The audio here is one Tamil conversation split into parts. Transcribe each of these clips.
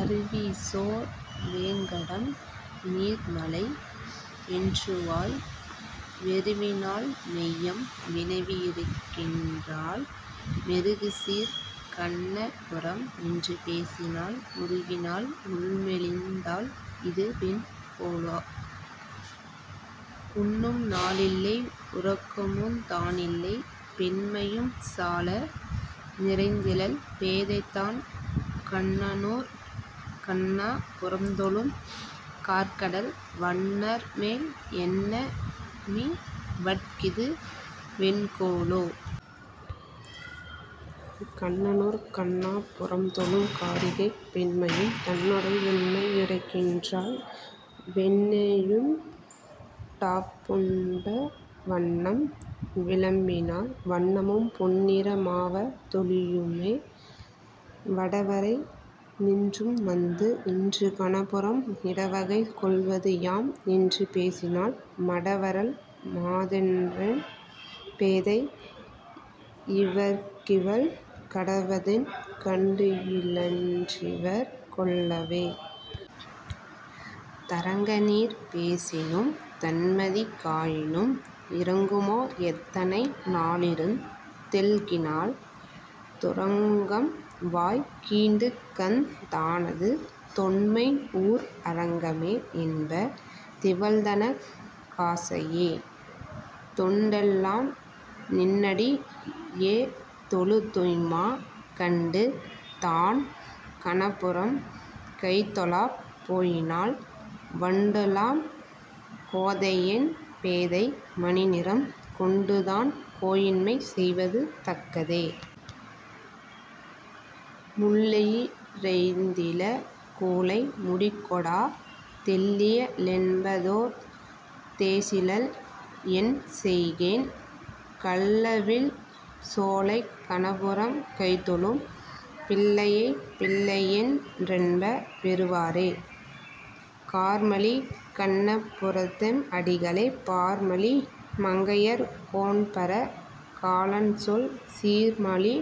அருவிசோர் வேங்கடம் நீர்மலை என்றுவாய் வெருவினாள் மெய்யம் வினவி யிருக்கின்றாள், பெருகுசீர்க் கண்ண புரம் என்று பேசினாள் உருகினாள், உள்மெலிந் தாள் இது வென்கொலோ.. உண்ணும்நா ளில்லை உறக்கமுந் தானில்லை, பெண்மையும் சால நிறைந்திலள் பேதைதான், கண்ணனூர் கண்ண புரம்தொழும் கார்க்கடல் வண்ணர்மேல், எண்ண மிவட்கிது வென்கொலோ.. கண்ணனூர் கண்ணா புரம்தொழும் காரிகை, பெண்மையும் தன்னுடை யுண்மை யுரைக்கின்றாள், வெண்ணெயுண் டாப்புண்ட வண்ணம் விளம்பினாள், வண்ணமும் பொன்னிற மாவ தொழியுமே.. வடவரை நின்றும்வந்து இன்று கணபுரம், இடவகை கொள்வது யாம் என்று பேசினாள், மடவரல் மாததென்ரென் பேதை யிவர்க்கிவள் கடவதென், கண்டுயி லின்றிவர் கொள்ளவே.. தரங்கநீர் பேசினும் தண்மதி காயினும், இரங்குமோ எத்தனை நாளிருந் தெள்கினாள் துரங்கம்வாய் கீண்டுகந் தானது தொன்மை ஊர் அரங்கமே என்ப திவள்தனக் காசையே.. தொண்டெல்லாம் நின்னடி யேதொழு துய்யுமா கண்டு, தான் கணபுரம் கைதொழப் போயினாள் வண்டுலாம் கோதையென் பேதை மணிநிறம் கொண்டுதான், கோயின்மை செய்வது தக்கதே?. முள்ளெயி றேய்ந்தில, கூழை முடிகொடா, தெள்ளிய ளென்பதோர் தேசிலள் என்செய்கேன், கள்ளவிழ் சோலைக் கணபுரம் கைதொழும் பிள்ளையை, பிள்ளையென் றெண்ணப் பெறுவரே?. கார்மலி கண்ண புரத்தெம் அடிகளை, பார்மலி மங்கையர் கோன்பர காலன்சொல், சீர்மலி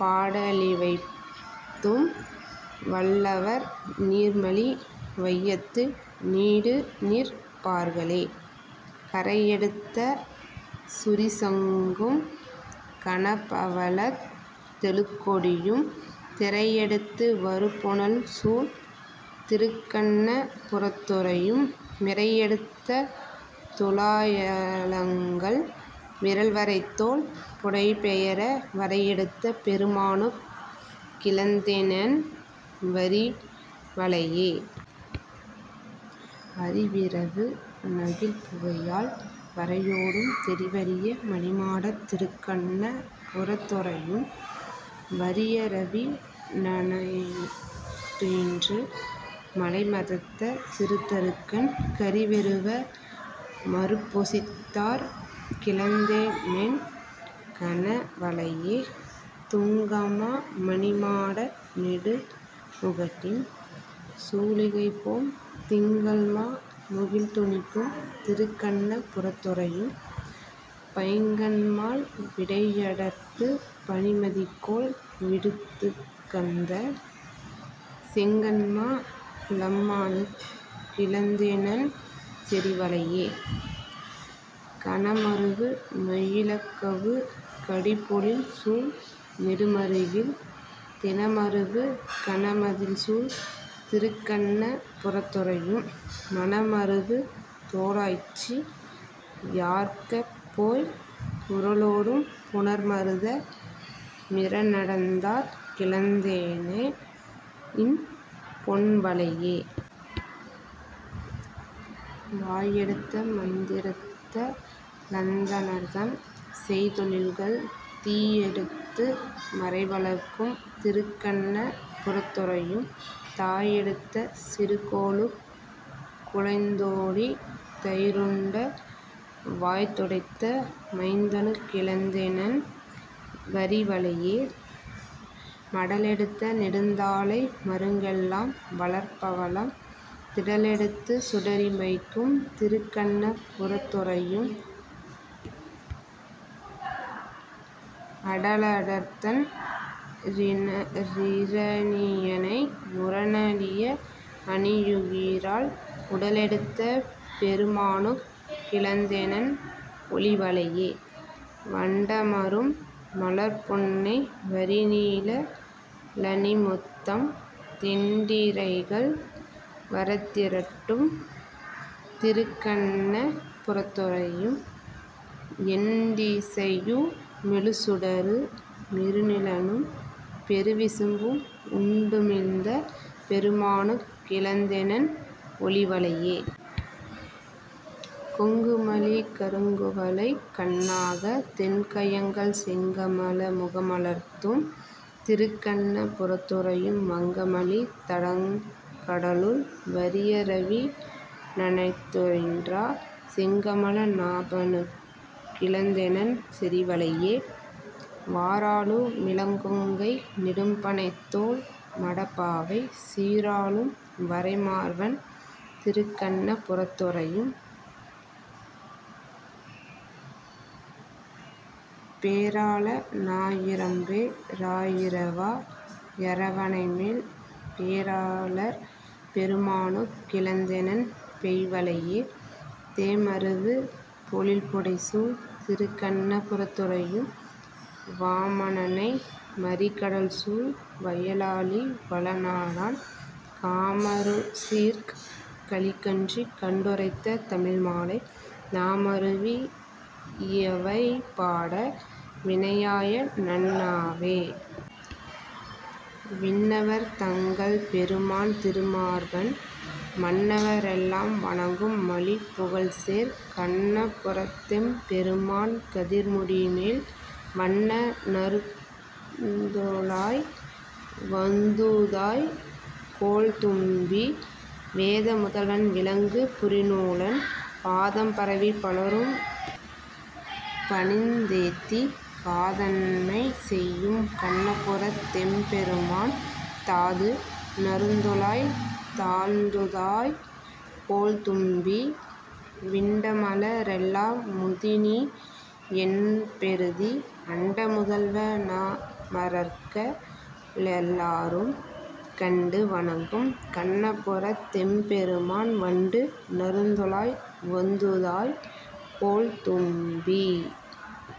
பாட லிவைபத்தும் வல்லவர், நீர்மலி வையத்து நீடுநிற் பார்களே. கரையெடுத்த சுரிசங்கும் கனபவளத் தெழுகொடியும், திரையெடுத்து வருபுனல்சூழ் திருக்கண்ண புரத்துறையும், விரையெடுத்த துழாயலங்கல் விறல்வரைத்தோள் புடைபெயர வரையெடுத்த பெருமானுக் கிழந்தேனென் வரிவளையே.. அரிவிரவு னகில்புகையால் வரையோடும் தெரிவரிய மணிமாடத் திருக்கண்ண புரத்துறையும், வரியரவி னணைத்துயின்று மழைமதத்த சிறுதறுகண், கரிவெருவ மருப்பொசித்தாற் கிழந்தேனென் கனவளையே.. துங்கமா மணிமாட நெடுமுகட்டின் சூலிகைபோம் திங்கள்மா முகில்துணிக்கும் திருக்கண்ண புரத்துறையும் பைங்கண்மால் விடையடர்த்துப் பனிமதிகோள் விடுத்துகந்த செங்கண்மா லம்மானுக் கிழந்தேனென் செறிவளையே.. கணமருவு மயிலகவு கடிபொழில்சூழ் நெடுமறுகில், திணமருவு கனமதிள்சூழ் திருக்கண்ண புரத்துறையும், மணமருவு தோராய்ச்சி யார்க்கப்போய் உரலோடும் புணர்மருத மிறநடந்தாற் கிழந்தேனெ ன் பொன்வளையே.. வாயெடுத்த மந்திரத்தா லந்தணர்தம் செய்தொழில்கள் தீயெடுத்து மறைவளர்க்கும் திருக்கண்ண புரத்துறையும் தாயெடுத்த சிறுகோலுக் குளைந்தோடித் தயிருண்ட, வாய்துடைத்த மைந்தனுக் கிழந்தேனென் வரிவளையே.. மடலெடுத்த நெடுந்தாழை மருங்கெல்லாம் வளர்பவளம், திடலெடுத்துச் சுடரிமைக்கும் திருக்கண்ண புரத்துறையும், அடலடர்த்தன் றிரணியனை முரணழிய அணியுகிரால், உடலெடுத்த பெருமானுக் கிழந்தேனென் ஒளிவளையே.. வண்டமரும் மலர்ப்புன்னை வரிநீழ லணிமுத்தம், தெண்டிரைகள் வரத்திரட்டும் திருக்கண்ண புரத்துறையும், எண்டிசையு மெழுசுடரு மிருநிலனும் பெருவிசும்பும், உண்டுமிழ்ந்த பெருமானுக் கிழந்தேனென் ஒளிவளையே.. கொங்குமலி கருங்குவளை கண்ணாக தெண்கயங்கள் செங்கமல முகமலர்த்தும் திருக்கண்ண புரத்துறையும், வங்கமலி தடங்கடலுள் வரியரவி னணைத்துயின்றா, செங்கமல நாபனுக் கிழந்தேனென் செறிவளையே.. வாராளு மிளங்கொங்கை நெடும்பணைத்தோள் மடப்பாவை, சீராளும் வரைமார்வன் திருக்கண்ண புரத்துறையும், பேராள னாயிரம்பே ராயிரவா யரவணைமேல் பேராளர் பெருமானுக் கிழந்தேனென் பெய்வளையே.. தேமருவு பொழில்புடைசூழ் திருக்கண்ண புரத்துறையும் வாமனனை, மறிகடல்சூழ் வயலாலி வளநாடன், காமருசீர்க் கலிகன்றி கண்டுரைத்த தமிழ்மாலை, நாமருவி யிவைபாட வினையாய நண்ணாவே. விண்ணவர் தங்கள் பெருமான் திருமார்வன், மண்ணவ ரெல்லாம் வணங்கும் மலிபுகழ்சேர், கண்ண புரத்தெம் பெருமான் கதிர்முடிமேல், வண்ண நறுந்துழாய் வந்தூதாய் கோல்தும்பீ.. வேத முதல்வன் விளங்கு புரிநூலன், பாதம் பரவிப் பலரும் பணிந்தேத்தி, காதன்மை செய்யும் கண்ணபுரத் தெம்பெருமான், தாது நறுந்துழாய் தாழ்ந்தூதாய் கோல்தும்பீ.. விண்டமல ரெல்லா மூதிநீ யென்பெறுதி, அண்ட முதல்வ னமரர்க ளெல்லாரும், கண்டு வணங்கும் கண்ணபுரத் தெம்பெருமான் வண்டு நறுந்துழாய் வந்தூதாய் கோல்தும்பீ..